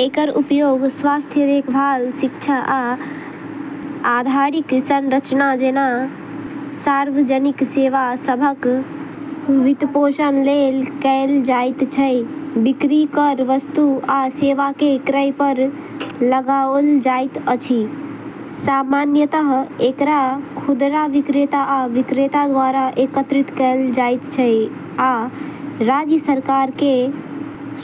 एकर उपयोग स्वास्थ्य देखभाल, शिक्षा, आ आधारिक संरचना जेना सार्वजनिक सेवा सभक वित्तपोषण लेल कएल जाइत छै। बिक्री कर: वस्तु आ सेवा के क्रय पर लगाओल जाइत अछि, सामान्यतः एकरा खुदरा विक्रेता आ विक्रेता द्वारा एकत्रित कएल जाइत छै आ राज्य सरकार के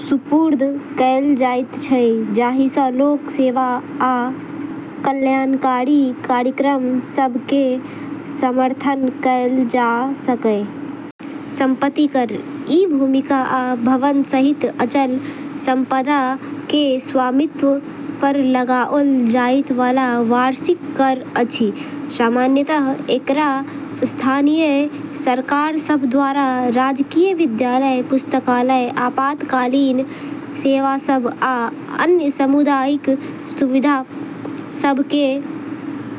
सुपुर्द कएल जाइत छै, जाहि सँ लोक सेवा आ कल्याणकारी कार्यक्रम सभ के समर्थन कएल जा सकय। संपत्ति कर: ई भूमि आ भवन सहित अचल संपदा के स्वामित्व पर लगाओल जाइत वाला वार्षिक कर अछि। सामान्यतः एकरा स्थानीय सरकार सभ द्वारा राजकीय विद्यालय, पुस्तकालय, आपातकालीन सेवा सभ, आ अन्य सामुदायिक सुविधा सभ के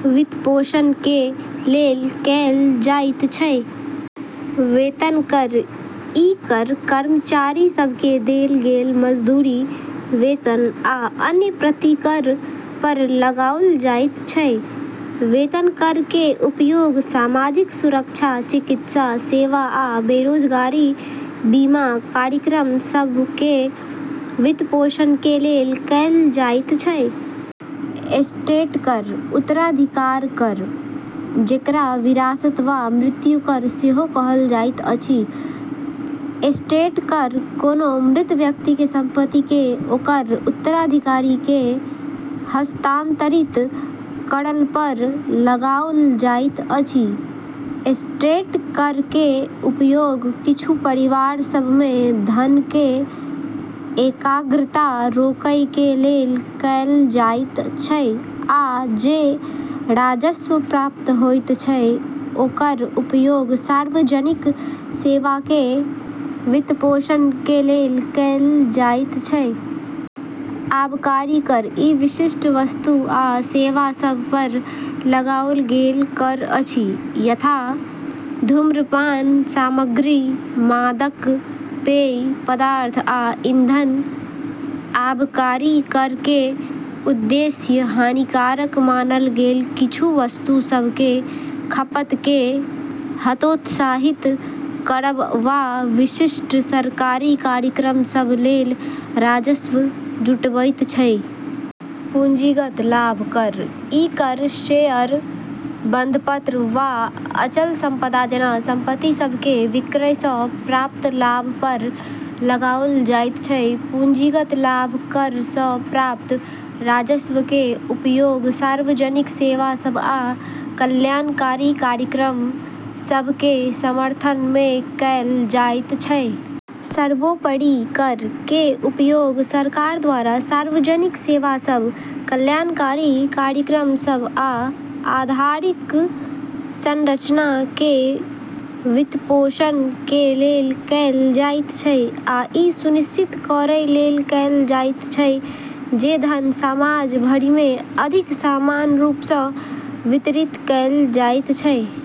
वित्तपोषण के लेल कएल जाइत छै। वेतन कर: ई कर कर्मचारी सभ के देल गेल मजदूरी, वेतन, आ अन्य प्रतिकर पर लगाओल जाइत छै। वेतन कर के उपयोग सामाजिक सुरक्षा, चिकित्सा सेवा, आ बेरोजगारी बीमा कार्यक्रम सभ के वित्तपोषण के लेल कएल जाइत छै। एस्टेट कर (उत्तराधिकार कर): जेकरा विरासत वा मृत्यु कर सेहो कहल जाइत अछि, एस्टेट कर कोनो मृत व्यक्ति के संपत्ति के ओकर उत्तराधिकारी के हस्तांतरित करय पर लगाओल जाइत अछि। एस्टेट कर के उपयोग किछु परिवार सभ में धन के एकाग्रता रोकय के लेल कएल जाइत छै, आ जे राजस्व प्राप्त होइत छै ओकर उपयोग सार्वजनिक सेवा के वित्तपोषण के लेल कएल जाइत छै। आबकारी कर: ई विशिष्ट वस्तु आ सेवा सभ पर लगाओल गेल कर अछि, यथा धूम्रपान सामग्री, मादक पेय पदार्थ, आ ईंधन। आबकारी कर के उद्देश्य हानिकारक मानल गेल किछु वस्तु सभ के खपत के हतोत्साहित करब वा विशिष्ट सरकारी कार्यक्रम सभ लेल राजस्व जुटबैत छै। पूंजीगत लाभ कर: ई कर शेयर, बंधपत्र, वा अचल संपदा जेना संपत्ति सभ के विक्रय सँ प्राप्त लाभ पर लगाओल जाइत छै। पूंजीगत लाभ कर सँ प्राप्त राजस्व के उपयोग सार्वजनिक सेवा सभ आ कल्याणकारी कार्यक्रम सभ के समर्थन में कएल जाइत छै। सर्वोपरि, कर के उपयोग सरकार द्वारा सार्वजनिक सेवा सभ, कल्याणकारी कार्यक्रम सभ, आ आधारिक संरचना के वित्तपोषण के लेल कएल जाइत छै, आ ई सुनिश्चित करय लेल कएल जाइत छै जे धन समाज भरिमे अधिक समान रूप सँ वितरित कयल जाइत छै।